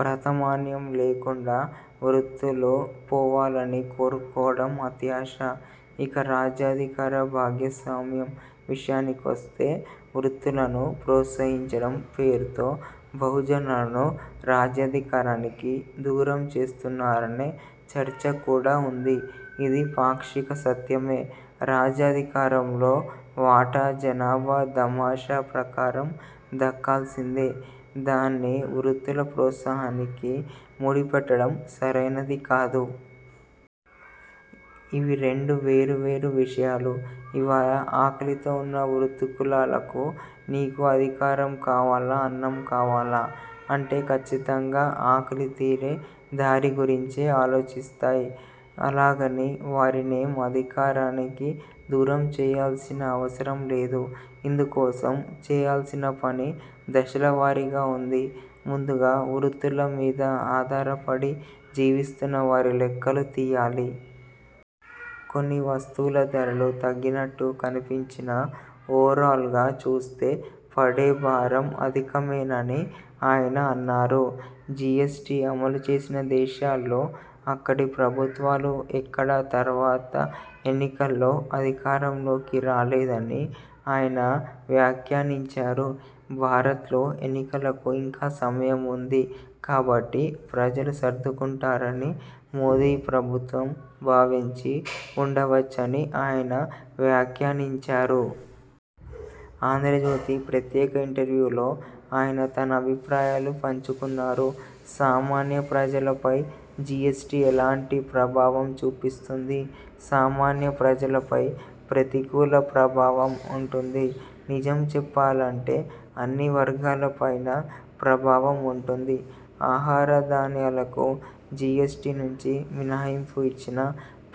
ప్రతమయ్నం లేకుండా వృత్తులు పోవాలని కోరుకోవడం అత్యాశ. ఇక రాజ్యాధికార భాగస్వామ్యం విషయానికొస్తే వృత్తులను ప్రోత్సహించడం పేరుతో, బహుజనులను రాజ్యాధికారానికి దూరం చేస్తున్నారనే చర్చ కూడా ఉంది. ఇది పాక్షిక సత్యమే. రాజ్యాధికారంలో వాటా జనాభా దామాషా ప్రకారం దక్కాల్సిందే. దాన్ని వృత్తుల ప్రోత్సాహానికి ముడిపెట్టడం సరైనది కాదు. ఇవి రెండు వేరు వేరు విషయాలు. ఇవాళ ఆకలితో ఉన్న వృత్తికులాలకు నీకు అధికారం కావాలా? అన్నం కావాలా? అంటే ఖచ్చితంగా ఆకలితీరే దారి గురించే ఆలోచిస్తాయి. అలాగని వారినేం అధికారానికి దూరం చేయాల్సిన అవసరం లేదు. ఇందుకోసం చేయాల్సిన పని దశలవారీగా ఉంది. ముందుగా వృత్తుల మీద ఆధారపడి జీవిస్తున్న వారి లెక్కలు తీయాలి. కొన్ని వస్తువుల ధరలు తగ్గినట్టు కనిపించినా ఓరాల్గా చూస్తే పడే భారం అధికమేనని ఆయన అన్నారు. జిఎ్సటి అమలు చేసిన దేశాల్లో అక్కడి ప్రభుత్వాలు ఎక్కడా తర్వాత ఎన్నికల్లో అధికారంలోకి రాలేదని ఆయన వ్యాఖ్యానించారు. భారత్లో ఎన్నికలకు ఇంకా సమయం వుంది కాబట్టి ప్రజలు సర్దుకుంటారని మోదీ ప్రభుత్వం భావించి వుండవచ్చని ఆయన వ్యాఖ్యానించారు. ఆంధ్రజ్యోతి ప్రత్యేక ఇంటర్వ్యూలో ఆయన తన అభిప్రాయాలు పంచుకున్నారు. సామాన్య ప్రజలపై జిఎస్టి ఎలాంటి ప్రభావం చూపిస్తుంది? సామాన్య ప్రజలపై ప్రతికూల ప్రభావం ఉం టుంది. నిజం చెప్పాలంటే అన్ని వర్గాలపైనా ప్రభావం ఉంటుంది. ఆహార ధాన్యాలకు జిఎస్టి నుంచి మినహాయింపు ఇచ్చినా,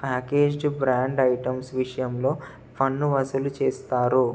ప్యాకేజ్డ్ బ్రాండ్ ఐటమ్స్ విషయంలో పన్ను వసూలు చేస్తారు.